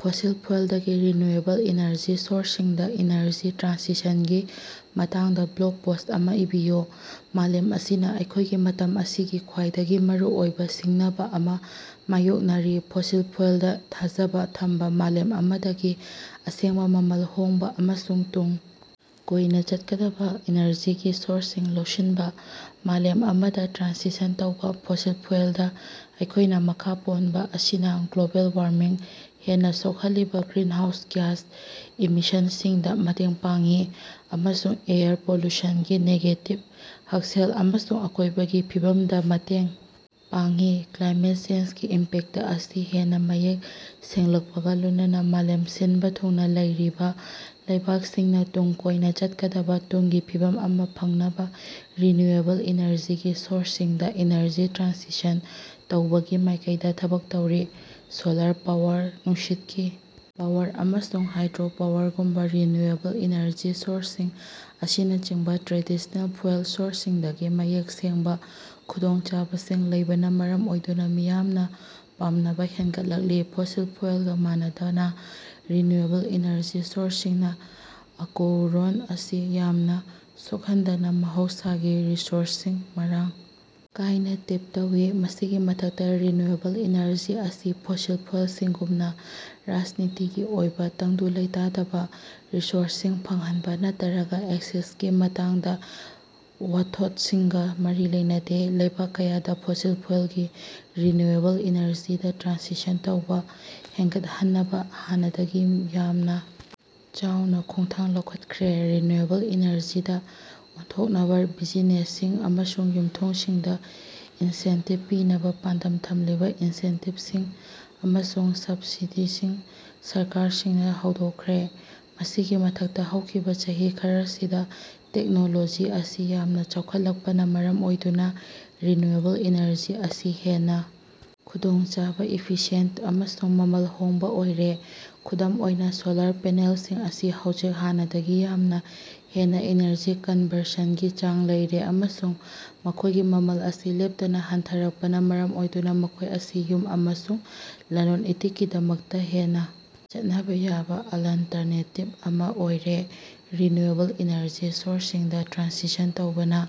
Fossil ꯐ꯭ꯌꯨꯦꯜꯗꯒꯤ renewable energy ꯁꯣꯔꯁꯁꯤꯡꯗ energy ꯇ꯭ꯔꯥꯟꯁꯤꯁꯟꯒꯤ ꯃꯇꯥꯡꯗ ꯕ꯭ꯂꯣꯒ ꯄꯣꯁ꯭ꯠ ꯑꯃ ꯏꯕꯤꯌꯨ꯫ ꯃꯥꯂꯦꯝ ꯑꯁꯤꯅ ꯑꯩꯈꯣꯏꯒꯤ ꯃꯇꯝ ꯑꯁꯤꯒꯤ ꯈ꯭ꯋꯥꯏꯗꯒꯤ ꯃꯔꯨꯑꯣꯏꯕ ꯁꯤꯡꯅꯕꯥ ꯑꯃ ꯃꯥꯌꯣꯛꯅꯔꯤ -ꯐꯣꯁꯤꯜ ꯐ꯭ꯌꯨꯦꯜꯗꯥ ꯊꯥꯖꯕ ꯊꯝꯕ ꯃꯥꯂꯦꯝ ꯑꯃꯗꯒꯤ ꯑꯁꯦꯡꯕ, ꯃꯃꯜ ꯍꯣꯡꯕ ꯑꯃꯁꯨꯡ ꯇꯨꯡ ꯀꯣꯏꯅ ꯆꯠꯀꯗꯕ‌ ꯏꯅꯔꯖꯤꯒꯤ ꯁꯣꯔꯁꯁꯤꯡ ꯂꯧꯁꯤꯟꯕ ꯃꯥꯂꯦꯝ ꯑꯃꯗ ꯇ꯭ꯔꯥꯟꯁꯤꯁꯟ ꯇꯧꯕ, ꯐꯣꯁꯤꯜ ꯐ꯭ꯌꯨꯦꯜꯗꯥ ꯑꯩꯈꯣꯏꯅ ꯃꯈꯥ ꯄꯣꯟꯕ ꯑꯁꯤꯅ ꯒ꯭ꯂꯣꯕꯦꯜ ꯋꯥꯔꯃꯤꯡ ꯍꯦꯟꯅ ꯁꯣꯛꯍꯜꯂꯤꯕ ꯒ꯭ꯔꯤꯟꯍꯥꯎꯁ ꯒ꯭ꯌꯥꯁ ꯏꯃꯤꯁꯟꯁꯤꯡꯗ ꯃꯇꯦꯡ ꯄꯥꯡꯏ ꯑꯃꯁꯨꯡ ꯑꯦꯌꯔ ꯄꯣꯂꯨꯁꯟꯒꯤ ꯅꯦꯒꯦꯇꯤꯕ ꯍꯛꯁꯦꯜ ꯑꯃꯁꯨꯡ ꯑꯀꯣꯏꯕꯒꯤ ꯐꯤꯕꯝꯗ ꯃꯇꯦꯡ ꯄꯥꯡꯏ꯫ ꯀ꯭ꯂꯥꯏꯃꯦꯠ ꯆꯦꯟꯖꯒꯤ ꯏꯝꯄꯦꯛꯇ ꯑꯁꯤ ꯍꯦꯟꯅ ꯃꯌꯦꯛ ꯁꯦꯡꯂꯛꯄꯒꯥ ꯂꯣꯏꯅꯅꯥ ꯃꯥꯂꯦꯝ ꯁꯤꯟꯕ ꯊꯨꯡꯅ ꯂꯩꯔꯤꯕ ꯂꯩꯕꯥꯛꯁꯤꯡꯅ ꯇꯨꯡ ꯀꯣꯏꯅ ꯆꯠꯀꯗꯕꯥ ꯇꯨꯡꯒꯤ ꯐꯤꯕꯝ ꯑꯃ ꯐꯪꯅꯕ ꯔꯤꯅ꯭ꯌꯨꯑꯦꯕꯜ ꯏꯅꯔꯖꯤꯒꯤ ꯁꯣꯔꯁꯁꯤꯡꯗ ꯏꯅꯔꯖꯤ ꯇ꯭ꯔꯥꯟꯁꯤꯁꯟ ꯇꯧꯕꯒꯤ ꯃꯥꯏꯀꯩꯗ ꯊꯕꯛ ꯇꯧꯔꯤ꯫ ꯁꯣꯂꯥꯔ ꯄꯥꯋꯔ, ꯅꯨꯡꯁꯤꯠꯀꯤ ꯄꯥꯋꯔ, ꯑꯃꯁꯨꯡ ꯍꯥꯏꯗ꯭ꯔꯣ ꯄꯥꯋꯔꯒꯨꯝꯕ ꯔꯤꯅ꯭ꯌꯨꯋꯦꯕꯜ ꯏꯅꯔꯖꯤ ꯁꯣꯔꯁꯁꯤꯡ ꯑꯁꯤꯅꯆꯤꯡꯕ ꯇ꯭ꯔꯦꯗꯤꯁ꯭ꯅꯦꯜ ꯐ꯭ꯌꯨꯦꯜ ꯁꯣꯔꯁꯁꯤꯡꯗꯒꯤ ꯃꯌꯦꯛ ꯁꯦꯡꯕ ꯈꯨꯗꯣꯡꯆꯥꯕꯁꯤꯡ ꯂꯩꯕꯅ ꯃꯔꯝ ꯑꯣꯏꯗꯨꯅ ꯃꯤꯌꯥꯝꯅ ꯄꯥꯝꯅꯕ ꯍꯦꯟꯒꯠꯂꯛꯂꯤ꯫ ꯐꯣꯁꯤꯜ ꯐ꯭ꯌꯨꯦꯜꯒꯥ ꯃꯥꯟꯅꯗꯅꯥ, ꯔꯤꯅ꯭ꯌꯨꯋꯦꯕꯜ ꯏꯅꯔꯖꯤ ꯁꯣꯔꯁꯁꯤꯡꯅ ꯑꯀꯣꯎꯔꯣꯟ ꯑꯁꯤ ꯌꯥꯝꯅ ꯁꯣꯛꯍꯟꯗꯅꯥ ꯃꯍꯧꯁꯥꯒꯤ ꯔꯤꯁꯣꯔꯁꯁꯤꯡ ꯃꯔꯥꯡ ꯀꯥꯏꯅ ꯇꯦꯞ ꯇꯧꯏ꯫ ꯃꯁꯤꯒꯤ ꯃꯊꯛꯇꯥ, ꯔꯤꯅ꯭ꯌꯨꯋꯦꯕꯜ ꯏꯅꯔꯖꯤ ꯑꯁꯤ ꯐꯣꯁꯤꯜ ꯐ꯭ꯌꯨꯦꯜꯁꯤꯡꯒꯨꯝꯅ ꯔꯥꯖꯅꯤꯇꯤꯒꯤ ꯑꯣꯏꯕ ꯇꯪꯗꯨ ꯂꯩꯇꯥꯗꯕꯥ, ꯔꯤꯁꯣꯔꯁꯁꯤꯡ ꯐꯪꯍꯟꯕ, ꯅꯠꯇꯔꯒ ꯑꯦꯛꯁꯦꯁꯀꯤ ꯃꯇꯥꯡꯗ ꯋꯥꯊꯣꯠꯁꯤꯡꯒ ꯃꯔꯤ ꯂꯩꯅꯗꯦ꯫ ꯂꯩꯕꯥꯛ ꯀꯌꯥꯗ ꯐꯣꯁꯤꯜ ꯐ꯭ꯌꯨꯦꯜꯒꯤ ꯔꯤꯅ꯭ꯌꯨꯑꯦꯕꯜ ꯏꯅꯔꯖꯤꯗ ꯇ꯭ꯔꯥꯟꯁꯤꯁꯟ ꯇꯧꯕ ꯍꯦꯟꯒꯠꯍꯟꯅꯕ ꯍꯥꯟꯅꯗꯒꯤ ꯌꯥꯝꯅ ꯆꯥꯎꯅ ꯈꯣꯡꯊꯥꯡ ꯂꯧꯈꯠꯈ꯭ꯔꯦ꯫ ꯔꯤꯅ꯭ꯌꯨꯑꯦꯕꯜ ꯏꯅꯔꯖꯤꯗꯥ ꯑꯣꯟꯊꯣꯛꯅꯕꯥ ꯕꯤꯖꯤꯅꯦꯁꯁꯤꯡ ꯑꯃꯁꯨꯡ ꯌꯨꯝꯊꯣꯡꯁꯤꯡꯗ ꯏꯟꯁꯦꯟꯇꯤꯕ ꯄꯤꯅꯕ ꯄꯥꯟꯗꯝ ꯊꯝꯂꯤꯕ ꯏꯟꯁꯦꯟꯇꯤꯕꯁꯤꯡ ꯑꯃꯁꯨꯡ ꯁꯕꯁꯤꯗꯤꯁꯤꯡ ꯁꯔꯀꯥꯔꯁꯤꯡꯅ ꯍꯧꯗꯣꯛꯈ꯭ꯔꯦ꯫ ꯃꯁꯤꯒꯤ ꯃꯊꯛꯇ, ꯍꯧꯈꯤꯕ ꯆꯍꯤ ꯈꯔꯁꯤꯗ ꯇꯦꯛꯅꯣꯂꯣꯖꯤ ꯑꯁꯤ ꯌꯥꯝꯅ ꯆꯥꯎꯈꯠꯂꯛꯄꯅꯥ ꯃꯔꯝ ꯑꯣꯏꯗꯨꯅ ꯔꯤꯅ꯭ꯌꯨꯋꯦꯕꯜ ꯏꯅꯔꯖꯤ ꯑꯁꯤ ꯍꯦꯟꯅ ꯈꯨꯗꯣꯡꯆꯥꯕ, ꯏꯐꯤꯁꯤꯌꯦꯟꯇ ꯑꯃꯁꯨꯡ ꯃꯃꯜ ꯍꯣꯡꯕ ꯑꯣꯏꯔꯦ꯫ ꯈꯨꯗꯝ ꯑꯣꯏꯅ, ꯁꯣꯂꯥꯔ ꯄꯦꯅꯦꯜꯁꯤꯡ ꯑꯁꯤ ꯍꯧꯖꯤꯛ ꯍꯥꯟꯅꯗꯒꯤ ꯌꯥꯝꯅ ꯍꯦꯟꯅ ꯏꯅꯔꯖꯤ ꯀꯟꯕꯔꯁꯟꯒꯤ ꯆꯥꯡ ꯂꯩꯔꯦ, ꯑꯃꯁꯨꯡ ꯃꯈꯣꯏꯒꯤ ꯃꯃꯜ ꯑꯁꯤ ꯂꯦꯞꯇꯅꯥ ꯍꯟꯊꯔꯛꯄꯅꯥ ꯃꯔꯝ ꯑꯣꯏꯗꯨꯅ ꯃꯈꯣꯏ ꯑꯁꯤ ꯌꯨꯝ ꯑꯃꯁꯨꯡ ꯂꯂꯣꯟ-ꯏꯇꯤꯛꯀꯤꯗꯃꯛꯇ ꯍꯦꯟꯅ ꯆꯠꯅꯕꯥ ꯌꯥꯕ ꯑꯂꯜꯇꯔꯅꯦꯇꯤꯕ ꯑꯃ ꯑꯣꯏꯔꯦ꯫ ꯔꯤꯅ꯭ꯌꯨꯋꯦꯕꯜ ꯏꯅꯔꯖꯤ ꯁꯣꯔꯁꯁꯤꯡꯗ ꯇ꯭ꯔꯥꯟꯁꯤꯁꯟ ꯇꯧꯕꯅ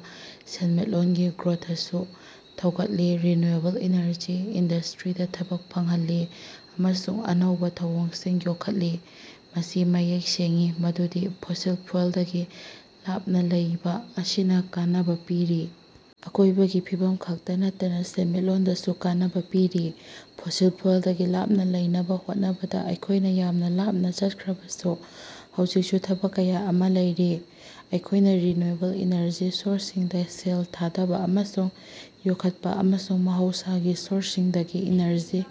ꯁꯦꯟꯃꯤꯠꯂꯣꯟꯒꯤ ꯒ꯭ꯔꯣꯊꯁꯨ ꯊꯧꯒꯠꯂꯤ, ꯔꯤꯅ꯭ꯌꯨꯑꯦꯕꯜ ꯏꯅꯔꯖꯤ ꯏꯟꯗꯁꯇ꯭ꯔꯤꯗꯥ ꯊꯕꯛ ꯐꯪꯍꯜꯂꯤ, ꯑꯃꯁꯨꯡ ꯑꯅꯧꯕ ꯊꯧꯑꯣꯡꯁꯤꯡ ꯌꯣꯛꯈꯠꯂꯤ꯫ ꯃꯁꯤ ꯃꯌꯦꯛ ꯁꯦꯡꯏ ꯃꯗꯨꯗꯤ ꯐꯣꯁꯤꯜ ꯐ꯭ꯌꯨꯦꯜꯗꯒꯤ ꯂꯥꯞꯅꯥ ꯂꯩꯕ ꯑꯁꯤꯅ ꯀꯥꯟꯅꯕꯥ ꯄꯤꯔꯤ, ꯑꯀꯣꯏꯕꯒꯤ ꯐꯤꯕꯝ ꯈꯛꯇ ꯅꯠꯇꯅꯥ ꯁꯦꯟꯃꯤꯠꯂꯣꯟꯗꯁꯨ ꯀꯥꯟꯅꯕꯥ ꯄꯤꯔꯤ꯫ ꯐꯣꯁꯤꯜ ꯐ꯭ꯌꯨꯦꯜꯗꯒꯤ ꯂꯥꯞꯅ ꯂꯩꯅꯕ ꯍꯣꯠꯅꯕꯗꯥ ꯑꯩꯈꯣꯏꯅ ꯌꯥꯝꯅ ꯂꯥꯞꯅ ꯆꯠꯈ꯭ꯔꯕꯁꯨ, ꯍꯧꯖꯤꯛꯁꯨ ꯊꯕꯛ ꯀꯌꯥ ꯑꯃ ꯂꯩꯔꯤ꯫ ꯑꯩꯈꯣꯏꯅ ꯔꯤꯅ꯭ꯌꯨꯋꯦꯕꯜ ꯏꯅꯔꯖꯤ ꯁꯣꯔꯁꯁꯤꯡꯗ ꯁꯦꯜ ꯊꯥꯗꯕꯥ ꯑꯃꯁꯨꯡ ꯌꯣꯛꯈꯠꯄ, ꯑꯃꯁꯨꯡ ꯃꯍꯧꯁꯥꯒꯤ ꯁꯣꯔꯁꯁꯤꯡꯗꯒꯤ ꯏꯅꯔꯖꯤ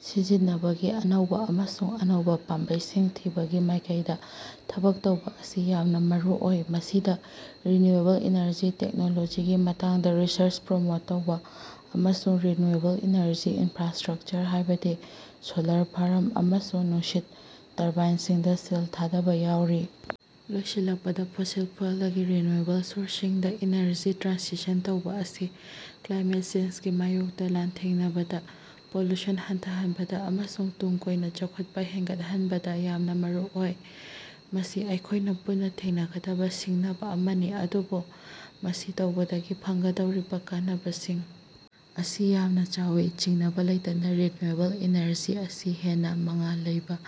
ꯁꯤꯖꯤꯟꯅꯕꯒꯤ ꯑꯅꯧꯕ ꯑꯃꯁꯨꯡ ꯑꯅꯧꯕ ꯄꯥꯝꯕꯩꯁꯤꯡ ꯊꯤꯕꯒꯤ ꯃꯥꯏꯀꯩꯗ ꯊꯕꯛ ꯇꯧꯕ ꯑꯁꯤ ꯌꯥꯝꯅ ꯃꯔꯨꯑꯣꯏ꯫ ꯃꯁꯤꯗ ꯔꯤꯅ꯭ꯌꯨꯑꯦꯕꯜ ꯏꯅꯔꯖꯤ ꯇꯦꯛꯅꯣꯂꯣꯖꯤꯒꯤ ꯃꯇꯥꯡꯗ ꯔꯤꯁꯔꯆ ꯄ꯭ꯔꯃꯣꯠ ꯇꯧꯕ ꯑꯃꯁꯨꯡ ꯔꯤꯅ꯭ꯌꯨꯑꯦꯕꯜ ꯏꯅꯔꯖꯤ ꯏꯟꯐ꯭ꯔꯥꯁ꯭ꯇꯔꯛꯆꯔ, ꯍꯥꯏꯕꯗꯤ ꯁꯣꯂꯔ ꯐꯥꯔꯝ ꯑꯃꯁꯨꯡ ꯅꯨꯡꯁꯤꯠ ꯇꯔꯕꯥꯏꯟꯁꯤꯡꯗ ꯁꯦꯜ ꯊꯥꯗꯕꯥ ꯌꯥꯎꯔꯤ꯫ ꯂꯣꯏꯁꯤꯜꯂꯛꯄꯗꯥ, ꯐꯣꯁꯤꯜ ꯐ꯭ꯌꯨꯦꯜꯗꯒꯤ ꯔꯤꯅ꯭ꯌꯨꯋꯦꯕꯜ ꯁꯣꯔꯁꯁꯤꯡꯗ ꯏꯅꯔꯖꯤ ꯇ꯭ꯔꯥꯟꯁꯤꯁꯟ ꯇꯧꯕ ꯑꯁꯤ ꯀ꯭ꯂꯥꯏꯃꯦꯠ ꯆꯦꯟꯖꯒꯤ ꯃꯥꯌꯣꯛꯇ ꯂꯥꯟꯊꯦꯡꯅꯕꯗꯥ, ꯄꯣꯂꯨꯁꯟ ꯍꯟꯊꯍꯟꯕꯗ ꯑꯃꯁꯨꯡ ꯇꯨꯡ ꯀꯣꯏꯅ ꯆꯥꯎꯈꯠꯄ ꯍꯦꯟꯒꯠꯍꯟꯕꯗ ꯌꯥꯝꯅ ꯃꯔꯨꯑꯣꯏ꯫ ꯃꯁꯤ ꯑꯩꯈꯣꯏꯅ ꯄꯨꯟꯅ ꯊꯦꯡꯅꯒꯗꯕ ꯁꯤꯡꯅꯕꯥ ꯑꯃꯅꯤ, ꯑꯗꯨꯕꯨ ꯃꯁꯤ ꯇꯧꯕꯗꯒꯤ ꯐꯪꯒꯗꯧꯔꯤꯕ ꯀꯥꯟꯅꯕꯁꯤꯡ ꯑꯁꯤ ꯌꯥꯝꯅ ꯆꯥꯎꯏ꯫ ꯆꯤꯡꯅꯕ ꯂꯩꯇꯅꯥ, ꯔꯤꯅ꯭ꯌꯨꯋꯦꯕꯜ ꯏꯅꯔꯖꯤ ꯑꯁꯤ ꯍꯦꯟꯅ ꯃꯉꯥꯜ ꯂꯩꯕ,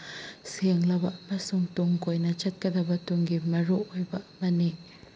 ꯁꯦꯡꯂꯕꯥ ꯑꯃꯁꯨꯡ ꯇꯨꯡ ꯀꯣꯏꯅ ꯆꯠꯀꯗꯕꯥ ꯇꯨꯡꯒꯤ ꯃꯔꯨꯑꯣꯏꯕ ꯑꯃꯅꯤ꯫